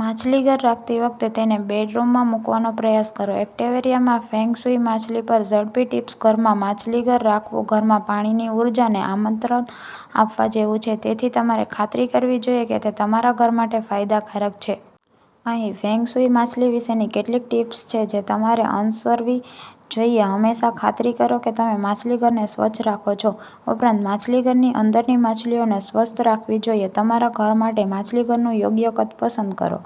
માછલીઘર રાખતી વખતે, તેને બેડરૂમમાંમૂકવાનો પ્રયાસ કરો. એક્વેરિયમમાં ફેંગ શુઇ માછલી પર ઝડપી ટિપ્સ ઘરમાં માછલીઘર રાખવુંઘરમાં પાણીની ઊર્જાને આમંત્રણ આપવા જેવું છે. તેથી તમારે ખાતરી કરવી જોઈએ કે તે તમારા ઘર માટે ફાયદાકારક છે. અહીં ફેંગ શુઇ માછલી વિશેની કેટલીક ટીપ્સ છે જે તમારે અનુસરવી જોઈએહંમેશા ખાતરી કરો કે તમે માછલીઘરને સ્વચ્છ રાખો છો. ઉપરાંત, માછલીઘરની અંદરની માછલીઓને સ્વસ્થ રાખવી જોઈએ. તમારા ઘર માટે માછલીઘરનું યોગ્ય કદ પસંદ કરો.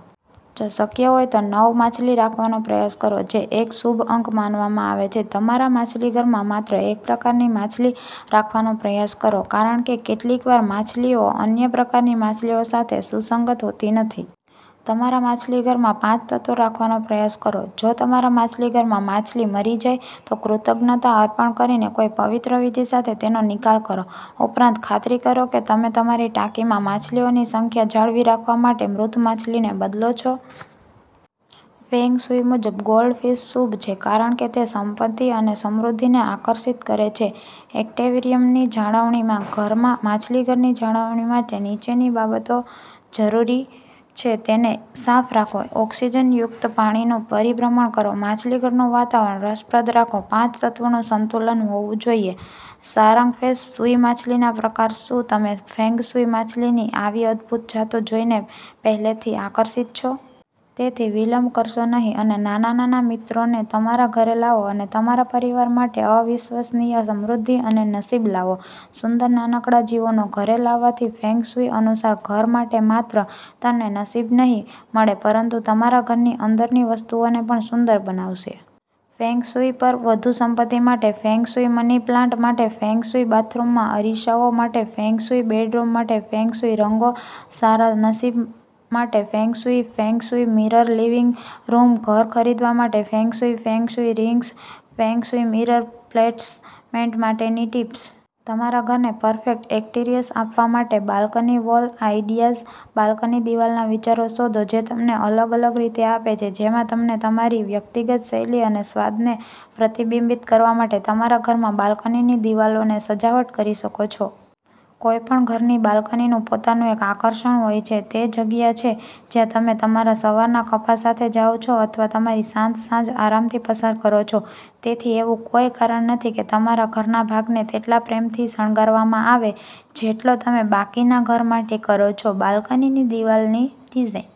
જો શક્ય હોય તો, નવ માછલી રાખવાનો પ્રયાસ કરો, જે એક શુભ અંક માનવામાં આવે છે. તમારા માછલીઘરમાં માત્ર એકપ્રકારની માછલી રાખવાનો પ્રયાસ કરો કારણ કે કેટલીકવાર માછલીઓ અન્ય પ્રકારની માછલીઓ સાથે સુસંગત હોતી નથી. તમારા માછલીઘરમાં પાંચ તત્વો રાખવાનો પ્રયાસ કરો. જો તમારા માછલીઘરમાં માછલી મરી જાય, તો કૃતજ્ઞતા અર્પણ કરીને કોઈ પવિત્ર વિધિ સાથે તેનો નિકાલ કરો. ઉપરાંત, ખાતરી કરો કે તમે તમારી ટાંકીમાં માછલીઓની સંખ્યા જાળવી રાખવા માટે મૃત માછલીને બદલો છો. ફેંગ શુઇ મુજબ, ગોલ્ડફિશ શુભ છે કારણ કે તે સંપત્તિ અને સમૃદ્ધિને આકર્ષિત કરે છે. એક્વેરિયમની જાળવણી ઘરમાં માછલીઘરની જાળવણી માટે નીચેની બાબતો જરૂરી છે. તેને સાફ રાખો ઓક્સિજનયુક્ત પાણીનું પરિભ્રમણ કરો માછલીઘરનું વાતાવરણ રસપ્રદ રાખો પાંચ તત્વોનું સંતુલન હોવું જોઈએ સારાંશફેંગ શુઇ માછલીના પ્રકાર શું તમે ફેંગ શુઇ માછલીની આવી અદ્ભુત જાતો જોઈને પહેલેથીઆકર્ષિત છો? તેથી, વિલંબ કરશો નહીં અને નાના નાના મિત્રોને તમારા ઘરે લાવો અને તમારા પરિવાર માટે અવિશ્વસનીય સમૃદ્ધિ અને નસીબ લાવો. સુંદર નાનકડા જીવોને ઘરે લાવવાથી ફેંગશુઈ અનુસાર ઘર માટે માત્ર તમને નસીબનહીં મળે પરંતુ તમારા ઘરની અંદરની વસ્તુઓને પણ સુંદર બનાવશે. ફેંગ શુઇ પર વધુ સંપત્તિ માટે ફેંગ શુઇ મની પ્લાન્ટ માટે ફેંગ શુઇ બાથરૂમમાં અરીસાઓ માટે ફેંગ શુઇ બેડરૂમ માટે ફેંગ શુઇ રંગો સારા નસીબ માટે feng shui feng shui mirror living room ઘર ખરીદવા માટે feng shui feng shui rings feng shui mirror placement માટેની ટિપ્સ+.. તમારા ઘરને પરફેક્ટ એક્સટીરિયર આપવા માટે બાલ્કની વોલ આઈડિયાઝ બાલ્કની દિવાલના વિચારો શોધો જે તમને અલગ અલગ રીતે આપે છે જેમાં તમે તમારી વ્યક્તિગત શૈલી અને સ્વાદને પ્રતિબિંબિત કરવા માટે તમારા ઘરમાં બાલ્કનીની દિવાલોને સજાવટ કરી શકો છો. કોઈપણ ઘરની બાલ્કનીનું પોતાનું એક આકર્ષણ હોય છે. તે જગ્યા છે જ્યાં તમે તમારા સવારના કપા સાથે જાઓ છો અથવા તમારી શાંત સાંજ આરામથી પસાર કરો છો. તેથી, એવું કોઈ કારણ નથી કે તમારા ઘરનાભાગને તેટલા પ્રેમથી શણગારવામાંઆવે જેટલો તમે બાકીના ઘર માટે કરો છો. બાલ્કનીની દિવાલની ડિઝાઇન